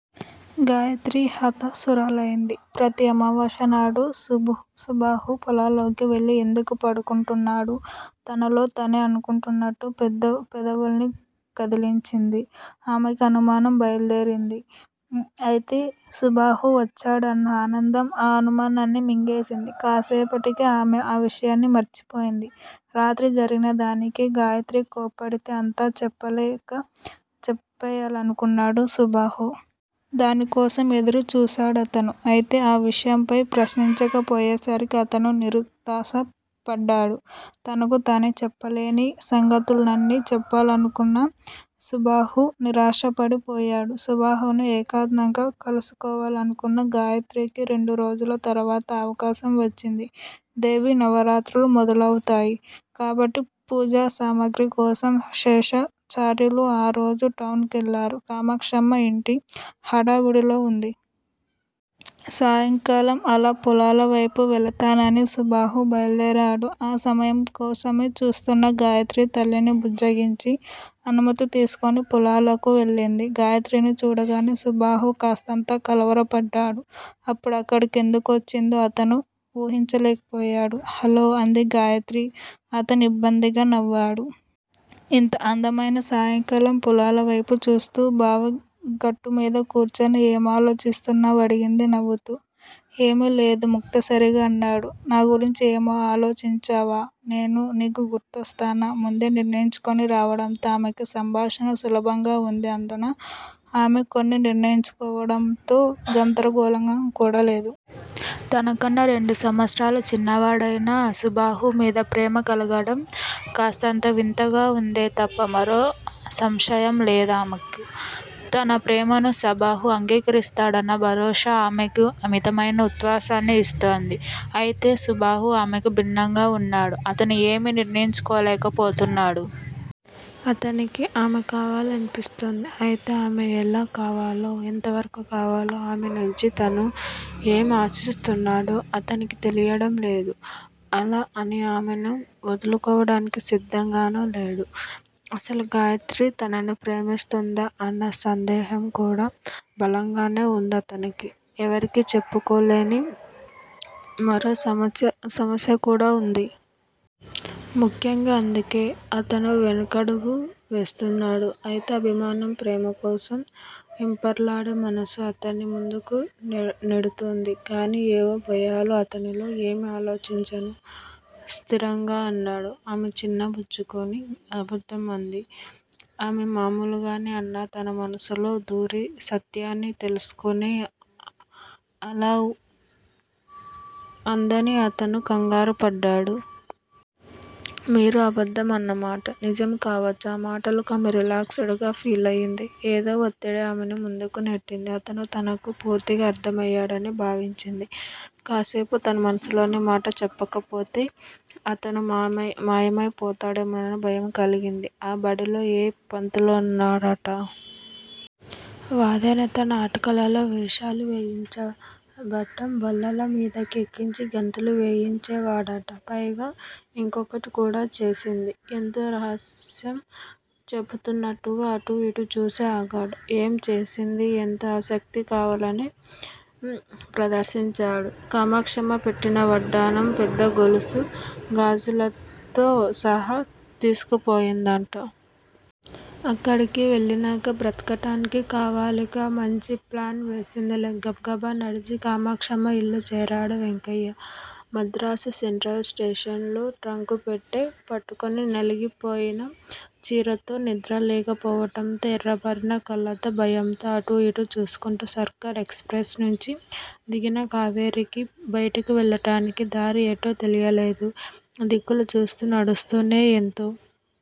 గాయత్రి హతాశురాలైంది. ప్రతి అమావాస్య నాడు సుబాహు పొలాల్లోకి వెళ్ళి ఎందుకు పడుకుంటున్నాడు? తనలో తనే అనుకుంటున్నట్టు పెదవుల్ని కదిల్చింది. ఆమెకు అనుమానం బయల్దేరింది. అయితే సుబాహు వచ్చాడన్న ఆనందం ఆ అనుమానాన్ని మింగేసింది. కాసేపటికి ఆమె ఆ విషయాన్ని మరిచిపోయింది. రాత్రి జరిగిన దానికి గాయత్రి కోప్పడితే అంతా చెప్పెయ్యాలనుకున్నాడు సుబాహు. దాని కోసం ఎదురు చూశాడతను. అయితే ఆ విషయంపై ప్రశ్నించకపోయేసరికి అతను నిరుత్సాహపడ్డాడు. తనకు తనే చెప్పలేని సంగతులన్నీ చెప్పాలనుకున్న సుబాహు నిరాశపడి పోయాడు. సుబాహును ఏకాంతంగా కలుసుకోవాలనుకున్న గాయత్రికి రెండు రోజుల తరువాత ఆ అవకాశం వచ్చింది. దేవీ నవరాత్రులు మొదలవుతాయి కాబట్టి పూజా సామగ్రికోసం శేషాచార్యులు ఆ రోజు టౌన్ కెళ్ళారు, కామాక్షమ్మ ఇంటి హడావుడిలో వుంది. సాయంకాలం అలా పొలాలవైపు వెళతానని సుబాహు బయల్దేరాడు. ఆ సమయం కోసమే చూస్తున్న గాయత్రి తల్లిని బుజ్జగించి, అనుమతి తీసుకుని పొలాలకు వెళ్ళింది. గాయత్రిని చూడగానే సుబాహు కాస్తంత కలవరపడ్డాడు. అప్పుడు అక్కడికి ఎందుకొచ్చిందో అతను వూహించలేకపోయాడు. హలో! అంది గాయత్రి. అతను ఇబ్బందిగా నవ్వాడు. ఇంత అందమైన సాయంకాలం పొలాలవైపు చూస్తూ బావిగట్టుమీద కూర్చుని ఏమాలోచిస్తున్నావ్? అడిగింది నవ్వుతూ. ఏమీ లేదు ముక్తసరిగా అన్నాడు. నా గురించి ఏమీ ఆలోచించవా? నేను నీకు గుర్తొస్తానా? ముందే నిర్ణయించుకుని రావడంతో ఆమెకు సంభాషణ సులభంగా వుంది అందునా ఆమె కొన్ని నిర్ణయించుకోవడంతో గందరగోళంగా కూడా లేదు. తనకన్నా రెండు సంవత్సరాలు చిన్న వాడైనా సుబాహు మీద ప్రేమ కలగడం కాస్తంత వింతగా ఉందే తప్ప మరో సంశయం లేదామెకు. తన ప్రేమను సబాహు అంగీకరిస్తాడన్న భరోసా ఆమెకు అమితమైన ఉత్సాహాన్ని ఇస్తోంది. అయితే సుబాహు ఆమెకు భిన్నంగా వున్నాడు. అతను ఏమీ నిర్ణయించుకోలేక పోతున్నాడు. అతనికి ఆమె కావాలనిపిస్తోంది. అయితే ఆమె ఎలా కావాలో, ఎంతవరకు కావాలో, ఆమె నుంచి తను ఏమి ఆశిస్తున్నాడో అతనికి తెలియడం లేదు. అలా అని ఆమెను ఒదులుకోవడానికి సిద్ధంగానూ లేడు. అసలు గాయత్రి తనను ప్రేమిస్తోందా అన్న సందేహం కూడా బలంగానే వుందతనికి. ఎవరికీ చెప్పుకోలేని మరో సమస్య కూడా వుంది. ముఖ్యంగా అందుకే అతను వెనకడుగు వేస్తున్నాడు. అయితే అభిమానం, ప్రేమ కోసం వెంపర్లాడే మనసు అతన్ని ముందుకు నెడుతోంది. కానీ ఏవో భయాలు అతనిలో. ఏమీ ఆలోచించను స్థిరంగా అన్నాడు. ఆమె చిన్న బుచ్చుకుని అబద్ధం అంది. ఆమె మామూలుగానే అన్నా తన మనసులో దూరి, సత్యాన్ని తెలుసుకునే అలా అందని అతను కంగారు పడ్డాడు. మీరు అబద్ధం అన్నమాట నిజం కావచ్చు ఆ మాటలకు ఆమె రిలాక్స్ డ్ గా ఫీలయ్యింది. ఏదో వత్తిడి ఆమెను ముందుకు నెట్టింది. అతను తనకు పూర్తిగా అర్థమయ్యాడని భావించింది. కాసేపు తన మనసులోని మాట చెప్పకపోతే అతను మాయమై పోతాడేమోనన్న భయం కలిగింది. ఆ బడిలో ఏ పంతులుతోనట? వాదేనత నాటకాలలో వేషాలు వేయించటం బల్లల మీదకి ఎక్కించి గంతులు వేయించేవాడట! పైగా యింకోకటి కూడా చేసింది! ఎంతో రహస్యం చెప్పుతున్నట్టుగా అటూ యిటూ చూసి ఆగాడు. ఏం చేసింది? ఎంతో ఆసక్తి కావాలనే ప్రదర్శించాడు. కామాక్షమ్మ పెట్టిన వడ్డాణం, పెద్ద గొలుసు గాజులుతో సహా తీసుకుపోయిందట! అక్కడికి వెళ్ళినాక బ్రతకటానికి కావాలిగా! మంచి ప్లాన్ వేసిందిలే! గబగబా నడిచి కామాక్షమ్మ యిల్లు చేరాడు వెంకయ్య! మద్రాసు సెంట్రల్ స్టేషన్ లో ట్రంకుపెట్టె పట్టుకుని నలిగిపోయిన చీరతో నిద్రలేక పోవటంతో ఎర్రబారిన కళ్ళతో భయంతో అటూ యిటూ చూసుకుంటూ సర్కార్ ఎక్స్ ప్రెస్ నుంచి దిగిన కావేరికి బైటికి వెళ్ళటానికి దారి ఎటో తెలియలేదు. దిక్కులు చూస్తూ నడుస్తూనే ఎంతో